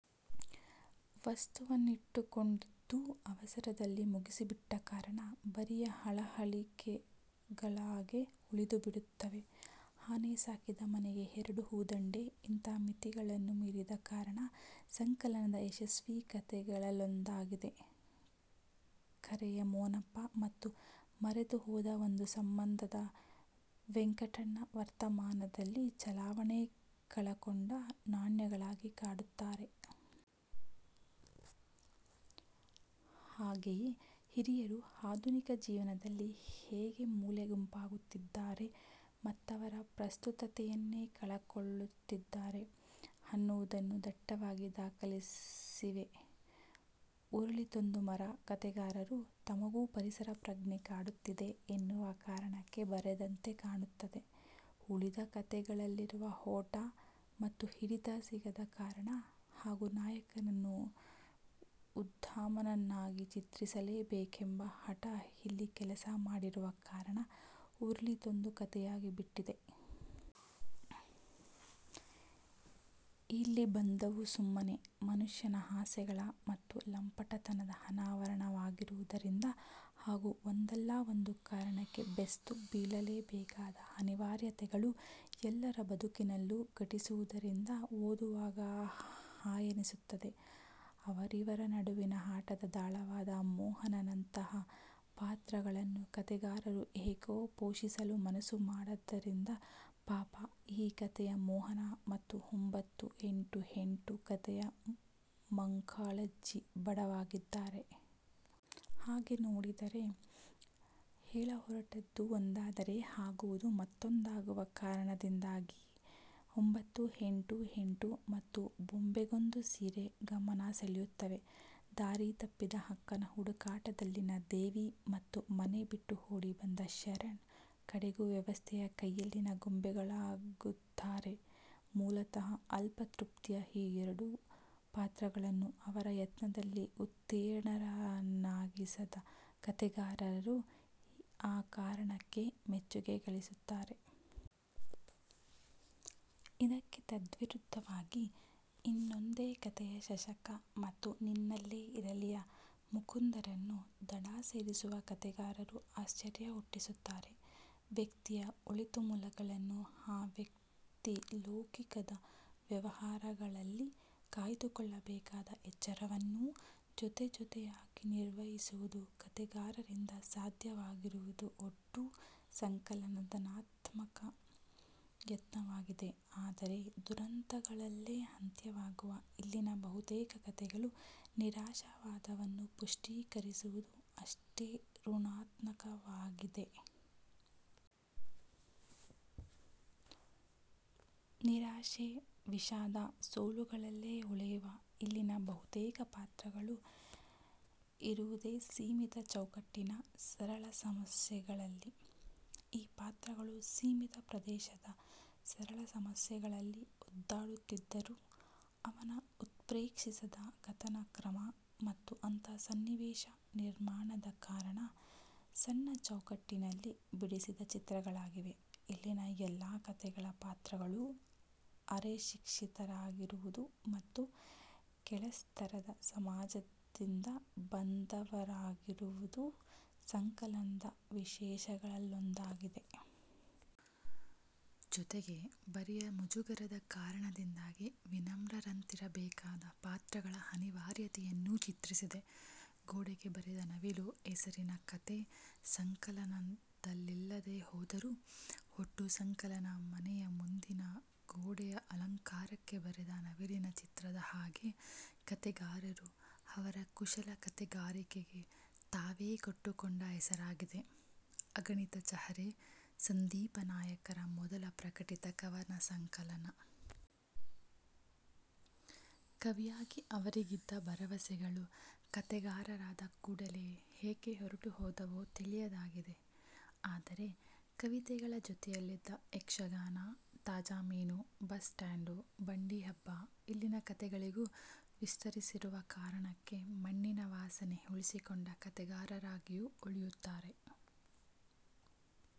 ವಸ್ತುವನ್ನಿಟ್ಟುಕೊಂಡಿದ್ದೂ ಅವಸರದಲ್ಲಿ ಮುಗಿಸಿಬಿಟ್ಟ ಕಾರಣ ಬರಿಯ ಹಳಹಳಿಕೆಗಳಾಗೇ ಉಳಿದುಬಿಡುತ್ತವೆ. 'ಆನೆ ಸಾಕಿದ ಮನೆಗೆ ಎರಡು ಹೂ ದಂಡೆ' ಇಂಥ ಮಿತಿಗಳನ್ನು ಮೀರಿದ ಕಾರಣ ಸಂಕಲನದ ಯಶಸ್ವೀ ಕತೆಗಳಲ್ಲೊಂದಾಗಿದೆ. 'ಕರೆ'ಯ ಮೋನಪ್ಪ ಮತ್ತು 'ಮರೆತು ಹೋದ ಒಂದು ಸಂಬಂಧ'ದ ವೆಂಕಟಣ್ಣ ವರ್ತಮಾನದಲ್ಲಿ ಚಲಾವಣೆ ಕಳಕೊಂಡ ನಾಣ್ಯಗಳಾಗಿ ಕಾಡುತ್ತಾರೆ. ಹಾಗೆಯೇ ಹಿರಿಯರು ಆಧುನಿಕ ಜೀವನದಲ್ಲಿ ಹೇಗೆ ಮೂಲೆಗುಂಪಾಗುತ್ತಿದ್ದಾರೆ ಮತ್ತವರ ಪ್ರಸ್ತುತತೆಯನ್ನೇ ಕಳಕೊಳ್ಳುತ್ತಿದ್ದಾರೆ ಅನ್ನುವುದನ್ನೂ ದಟ್ಟವಾಗಿ ದಾಖಲಿಸಿವೆ. 'ಉರುಳಿತೊಂದು ಮರ' ಕತೆಗಾರರು ತಮಗೂ ಪರಿಸರ ಪ್ರಜ್ಞೆ ಕಾಡುತ್ತಿದೆ ಎನ್ನುವ ಕಾರಣಕ್ಕೆ ಬರೆದಂತೆ ಕಾಣುತ್ತದೆ. ಉಳಿದ ಕತೆಗಳಲ್ಲಿರುವ 'ಓಟ' ಮತ್ತು ಹಿಡಿತ ಸಿಗದ ಕಾರಣ ಹಾಗೂ ನಾಯಕನನ್ನು ಉದ್ಧಾಮನನ್ನಾಗಿ ಚಿತ್ರಿಸಲೇಬೇಕೆಂಬ ಹಟ ಇಲ್ಲಿ ಕೆಲಸ ಮಾಡಿರುವ ಕಾರಣ 'ಉರುಳಿತೊಂದು ಕತೆ'ಯಾಗಿಬಿಟ್ಟಿದೆ. 'ಇಲ್ಲಿ ಬಂದೆವು ಸುಮ್ಮನೆ' ಮನುಷ್ಯನ ಆಸೆಗಳ ಮತ್ತು ಲಂಪಟತನದ ಅನಾವರಣವಾಗಿರುವುದರಿಂದ ಹಾಗೂ ಒಂದಲ್ಲ ಒಂದು ಕಾರಣಕ್ಕೆ ಬೇಸ್ತು ಬೀಳಲೇಬೇಕಾದ ಅನಿವಾರ್ಯತೆಗಳು ಎಲ್ಲರ ಬದುಕಿನಲ್ಲೂ ಘಟಿಸುವುದರಿಂದ ಓದುವಾಗ ಹಾಯೆನ್ನಿಸುತ್ತದೆ. ಅವರಿವರ ನಡುವಿನ ಆಟದ ದಾಳವಾದ ಮೋಹನನಂಥ ಪಾತ್ರಗಳನ್ನು ಕತೆಗಾರರು ಏಕೋ ಪೋಷಿಸಲು ಮನಸ್ಸು ಮಾಡದ್ದರಿಂದ ಪಾಪ ಈ ಕತೆಯ ಮೋಹನ ಮತ್ತು 'ಒಂಭತ್ತು, ಎಂಟು, ಎಂಟು' ಕತೆಯ ಮಂಕಾಳಜ್ಜಿ ಬಡವಾಗಿದ್ದಾರೆ. ಹಾಗೆ ನೋಡಿದರೆ ಹೇಳಹೊರಟದ್ದು ಒಂದಾದರೆ ಆಗುವುದು ಮತ್ತೊಂದಾಗುವ ಕಾರಣದಿಂದಾಗಿ 'ಒಂಭತ್ತು, ಎಂಟು, ಎಂಟು' ಮತ್ತು'ಬೊಂಬೆಗೊಂದು ಸೀರೆ' ಗಮನ ಸೆಳೆಯುತ್ತವೆ. ದಾರಿ ತಪ್ಪಿದ ಅಕ್ಕನ ಹುಡುಕಾಟದಲ್ಲಿನ ದೇವಿ ಮತ್ತು ಮನೆ ಬಿಟ್ಟು ಓಡಿ ಬಂದ ಶರಣ್ ಕಡೆಗೂ ವ್ಯವಸ್ಥೆಯ ಕೈಯಲ್ಲಿನ ಗೊಂಬೆಗಳಾಗುತ್ತಾರೆ. ಮೂಲತಃ ಅಲ್ಪತೃಪ್ತಿಯ ಈ ಎರಡೂ ಪಾತ್ರಗಳನ್ನೂ ಅವರ ಯತ್ನದಲ್ಲಿ ಉತ್ತೀರ್ಣರನ್ನಾಗಿಸದ ಕತೆಗಾರರು ಆ ಕಾರಣಕ್ಕೇ ಮೆಚ್ಚುಗೆ ಗಳಿಸುತ್ತಾರೆ. ಇದಕ್ಕೆ ತದ್ವಿರುದ್ಧವಾಗಿ 'ಇನ್ನೊಂದೇ ಕಥೆ'ಯ ಶಶಕ್ಕ ಮತ್ತು 'ನಿನ್ನಲ್ಲೇ ಇರಲಿ'ಯ ಮುಕುಂದರನ್ನು ದಡ ಸೇರಿಸುವ ಕತೆಗಾರರು ಆಶ್ಚರ್ಯ ಹುಟ್ಟಿಸುತ್ತಾರೆ. ವ್ಯಕ್ತಿಯ ಒಳತುಮುಲಗಳನ್ನು ಆ ವ್ಯಕ್ತಿ ಲೌಕಿಕದ ವ್ಯವಹಾರಗಳಲ್ಲಿ ಕಾಯ್ದುಕೊಳ್ಳಬೇಕಾದ ಎಚ್ಚರವನ್ನೂ ಜೊತೆಜೊತೆಯಾಗಿ ನಿರ್ವಹಿಸುವುದು ಕತೆಗಾರರಿಂದ ಸಾಧ್ಯವಾಗಿರುವುದು ಒಟ್ಟೂ ಸಂಕಲನದ ಧನಾತ್ಮಕ ಯತ್ನವಾಗಿದೆ. ಆದರೆ ದುರಂತಗಳಲ್ಲೇ ಅಂತ್ಯವಾಗುವ ಇಲ್ಲಿನ ಬಹುತೇಕ ಕತೆಗಳು ನಿರಾಶವಾದವನ್ನು ಪುಷ್ಟೀಕರಿಸುವುದು ಅಷ್ಟೇ ಋಣಾತ್ನಕವಾಗಿದೆ. ನಿರಾಶೆ, ವಿಷಾದ, ಸೋಲುಗಳಲ್ಲೇ ಉಳಿಯುವ ಇಲ್ಲಿನ ಬಹುತೇಕ ಪಾತ್ರಗಳು ಇರುವುದೇ ಸೀಮಿತ ಚೌಕಟ್ಟಿನ ಸರಳ ಸಮಸ್ಯೆಗಳಲ್ಲಿ. ಈ ಪಾತ್ರಗಳು ಸೀಮಿತ ಪ್ರದೇಶದ ಸರಳ ಸಮಸ್ಯೆಗಳಲ್ಲಿ ಒದ್ದಾಡುತ್ತಿದ್ದರೂ ಅವನ್ನು ಉತ್ಪ್ರೇಕ್ಷಿಸದ ಕಥನ ಕ್ರಮ ಮತ್ತು ಅಂಥ ಸನ್ನಿವೇಶ ನಿರ್ಮಾಣದ ಕಾರಣ ಸಣ್ಣ ಚೌಕಟ್ಟಿನಲ್ಲಿ ಬಿಡಿಸಿಟ್ಟ ಚಿತ್ರಗಳಾಗಿವೆ. ಇಲ್ಲಿನ ಎಲ್ಲ ಕತೆಗಳ ಪಾತ್ರಗಳೂ ಅರೆಶಿಕ್ಷಿತರಾಗಿರುವುದು ಮತ್ತು ಕೆಳಸ್ತರದ ಸಮಾಜದಿಂದ ಬಂದವರಾಗಿರುವುದೂ ಸಂಕಲನದ ವಿಶೇಷಗಳಲ್ಲೊಂದಾಗಿದೆ. ಜೊತೆಗೇ ಬರಿಯ ಮುಜುಗರದ ಕಾರಣದಿಂದಾಗಿ ವಿನಮ್ರರಂತಿರಬೇಕಾದ ಪಾತ್ರಗಳ ಅನಿವಾರ್ಯತೆಯನ್ನೂ ಚಿತ್ರಿಸಿದೆ. 'ಗೋಡೆಗೆ ಬರೆದ ನವಿಲು' ಹೆಸರಿನ ಕತೆ ಸಂಕಲನದಲ್ಲಿಲ್ಲದೇ ಹೋದರೂ ಒಟ್ಟು ಸಂಕಲನ ಮನೆಯ ಮುಂದಿನ ಗೋಡೆಯ ಅಲಂಕಾರಕ್ಕೆ ಬರೆದ ನವಿಲಿನ ಚಿತ್ರದ ಹಾಗೆ ಕತೆಗಾರರು ಅವರ ಕುಶಲ ಕತೆಗಾರಿಕೆಗೆ ತಾವೇ ಕೊಟ್ಟುಕೊಂಡ ಹೆಸರಾಗಿದೆ. 'ಅಗಣಿತ ಚಹರೆ' ಸಂದೀಪ ನಾಯಕರ ಮೊದಲ ಪ್ರಕಟಿತ ಕವನ ಸಂಕಲನ. ಕವಿಯಾಗಿ ಅವರಿಗಿದ್ದ ಭರವಸೆಗಳು ಕತೆಗಾರರಾದ ಕೂಡಲೇ ಏಕೆ ಹೊರಟುಹೋದವೋ ತಿಳಿಯದಾಗಿದೆ. ಆದರೆ ಕವಿತೆಗಳ ಜೊತೆಯಲ್ಲಿದ್ದ ಯಕ್ಷಗಾನ, ತಾಜಾ ಮೀನು, ಬಸ್ ಸ್ಟಾಂಡು, ಬಂಡಿಹಬ್ಬ ಇಲ್ಲಿನ ಕತೆಗಳಿಗೂ ವಿಸ್ತರಿಸಿರುವ ಕಾರಣಕ್ಕೆ 'ಮಣ್ಣಿನ ವಾಸನೆ'ಉಳಿಸಿಕೊಂಡ ಕತೆಗಾರರಾಗಿಯೂ ಉಳಿಯುತ್ತಾರೆ.